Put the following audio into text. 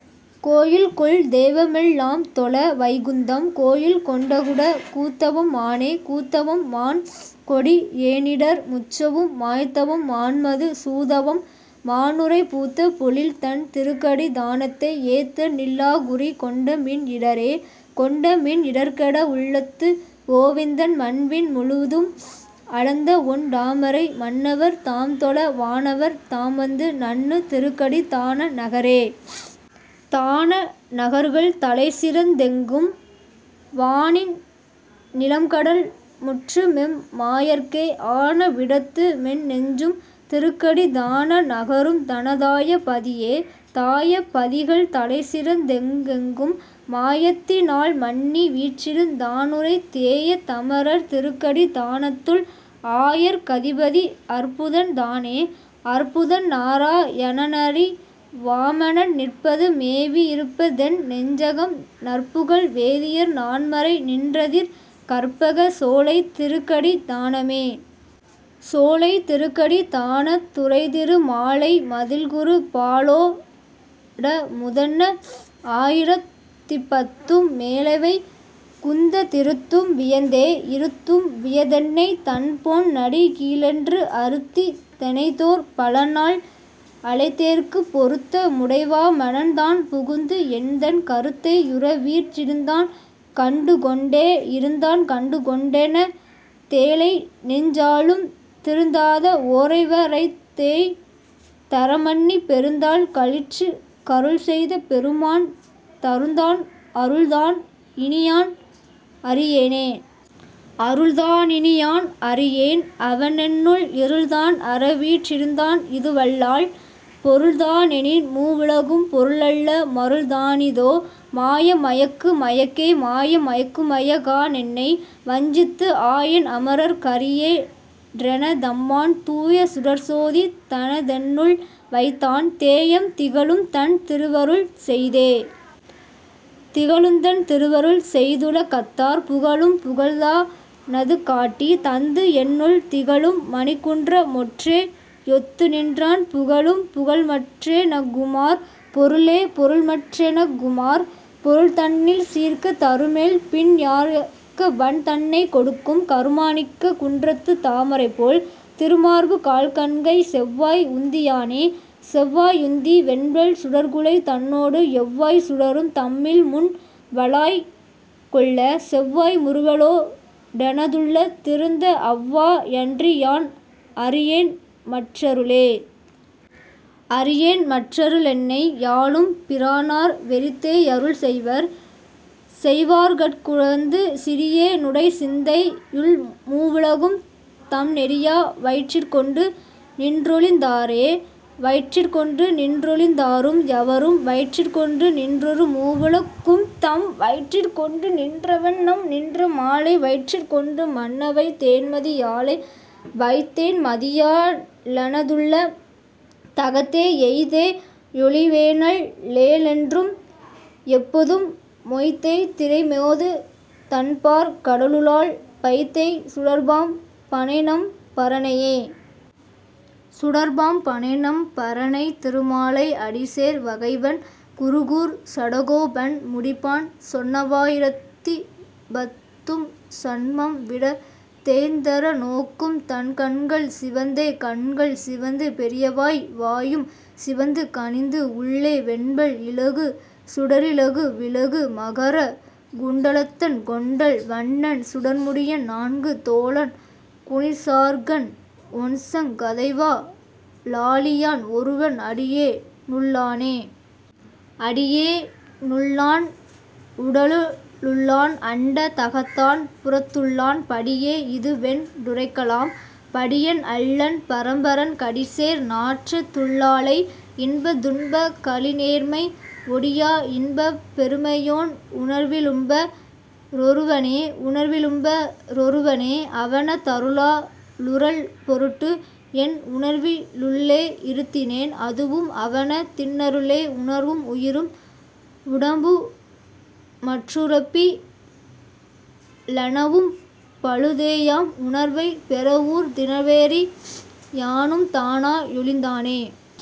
கோயில்கொள் தெய்வமெல் லாம்தொழ, வைகுந்தம் கோயில்கொண் டகுடக் கூத்தவம் மானே.. கூத்தவம் மான்கொடி யேனிடர் முற்றவும், மாய்த்தவம் மான்மது சூதவம் மானுறை, பூத்த பொழில்தண் திருக்கடித் தானத்தை, ஏத்தநில் லாகுறிக் கொண்டமின் இடரே.. கொண்டமின் இடர்கெட வுள்ளத்துக் கோவிந்தன், மண்விண் முழுதும் அளந்தவொண் டாமரை, மண்ணவர் தாம்தொழ வானவர் தாம்வந்து, நண்ணு திருக்கடித் தான நகரே.. தான நகர்கள் தலைசிறந் தெங்கெங்கும், வானிந் நிலம்கடல் முற்றுமெம் மாயற்கே, ஆன விடத்துமென் நெஞ்சும் திருக்கடித் தான நகரும், தனதாயப் பதியே.. தாயப் பதிகள்தலைசிறந் தெங்கெங்கும், மாயத்தி னால்மன்னி வீற்றிருந் தானுறை, தேயத் தமரர் திருக்கடித் தானத்துள், ஆயர்க் கதிபதி அற்புதன் தானே.. அற்புதன் நாரா யணனரி வாமனன், நிற்பது மேவி யிருப்பதென் னெஞ்சகம், நற்புகழ் வேதியர் நான்மறை நின்றதிர், கற்பகச் சோலைத் திருக்கடித் தானமே. சோலை திருக்கடித் தானத் துறைதிரு மாலை, மதிள்குரு, பாலோ டமுதன்ன ஆயிரத் திப்பத்தும், மேலைவை குந்தத் திருத்தும் வியந்தே. இருத்தும் வியந்தென்னைத் தன்பொன் னடிக்கீழென்று, அருத்தித் தெனைத்தோர் பலநாள் அழைத்தேற்கு, பொருத்த முடைவா மனன்தான் புகுந்து, என்தன் கருத்தை யுறவீற் றிருந்தான் கண்டுகொண்டே.. இருந்தான் கண்டுகொண் டெனதேழை நெஞ்சாளும், திருந்தாத வோரைவ ரைத்தேய்ந் தறமன்னி, பெருந்தாள் களிற்றுக் கருள்செய்த பெருமான், தருந்தான் அருள்தான் இனியான் அறியேனே.. அருள்தா னினியான் அறியேன் அவனென்னுள், இருள்தான் அறவீற் றிருந்தான் இதுவல்லால், பொருள்தா னெனில்மூ வுலகும் பொருளல்ல, மருள்தானீ தோ? மாய மயக்கு மயக்கே.. மாய மயக்குமயக் கானென்னை வஞ்சித்து, ஆயன் அமரர்க் கரியே றெனதம்மான், தூய சுடர்ச்சோதி தனதென்னுள் வைத்தான், தேயம் திகழும்தன் திருவருள் செய்தே.. திகழுந்தன் திருவருள் செய்துல கத்தார், புகழும் புகழ்தா னதுகாட்டித் தந்து, என்னுள் திகழும் மணிக்குன்ற மொன்றே யொத்துநின்றான், புகழும் புகழ்மற் றெனக்குமோர் பொருளே?. பொருள்மற் றெனக்குமோர் பொருள்தன்னில் சீர்க்கத் தருமேல், பின் யார்க்கவன் தன்னைக் கொடுக்கும்?, கருமா ணிக்கக் குன்றத்துத் தாமரைபோல், திருமார்பு கால்கண்கை செவ்வாய் உந்தியானே.. செவ்வாயுந்தி வெண்பல் சுடர்க்குழை, தன்னோடு எவ்வாய்ச் சுடரும் தம்மில்முன் வளாய்க்கொள்ள, செவ்வாய் முறுவலோ டெனதுள்ளத் திருந்த, அவ்வா யன்றியான் அறியேன்மற் றருளே.. அறியேன்மற் றருளென்னை யாளும் பிரானார், வெறிதே யருள்செய்வர் செய்வார்கட் குகந்து, சிறியே னுடைச்சிந்தை யுள்மூ வுலகும், தம் நெறியா வயிற்றிற்கொண்டு நின்றொழிந் தாரே.. வயிற்றிற்கொண்டு நின்றொழிந் தாரும் யவரும், வயிற்றிற்கொண்டு நின்றொரு மூவுல கும், தம் வயிற்றிற்கொண்டு நின்றவண் ணம்நின்ற மாலை, வயிற்றிற்கொண்டு மன்னவைத் தேன்மதி யாலே.. வைத்தேன் மதியா லெனதுள்ளத் தகத்தே, எய்த்தே யொழிவேனல் லேனென்றும் எப்பொதும், மொய்த்தேய் திரைமோது தண்பாற் கடலுளால், பைத்தேய் சுடர்ப்பாம் பணைநம் பரனையே. சுடர்ப்பாம் பணைநம் பரனைத் திருமாலை, அடிச்சேர் வகைவண் குருகூர்ச் சடகோபன், முடிப்பான் சொன்னவா யிரத்திப்பத் தும்சன்மம் விட, தேய்ந் தறநோக்கும் தன்கண்கள் சிவந்தே. கண்கள் சிவந்து பெரியவாய் வாயும் சிவந்து கனிந்து, உள்ளே வெண்பல் இலகு சுடரிலகு விலகு மகர குண்டலத்தன், கொண்டல் வண்ணன் சுடர்முடியன் நான்கு தோளன் குனிசார்ங்கன், ஒண்சங் கதைவா ளாழியான் ஒருவன் அடியே னுள்ளானே.. அடியே னுள்ளான் உடலுள்ளான் அண்டத் தகத்தான் புறத்துள்ளான், படியே யிதுவென் றுரைக்கலாம், படியன் அல்லன் பரம்பரன், கடிசேர் நாற்றத் துள்ளாலை இன்பத் துன்பக் கழிநேர்மை, ஒடியா இன்பப் பெருமையோன் உணர்வி லும்ப ரொருவனே.. உணர்வி லும்ப ரொருவனை அவன தருளா லுறல்பொருட்டு, என் உணர்வி னுள்ளே யிருத்தினேன் அதுவும் அவன தின்னருளே, உணர்வும் உயிரும் உடம்பும்மற் றுலப்பி லனவும் பழுதேயாம், உணர்வைப் பெறவூர்ந் திறவேறி யானும் தானா யொழிந்தானே..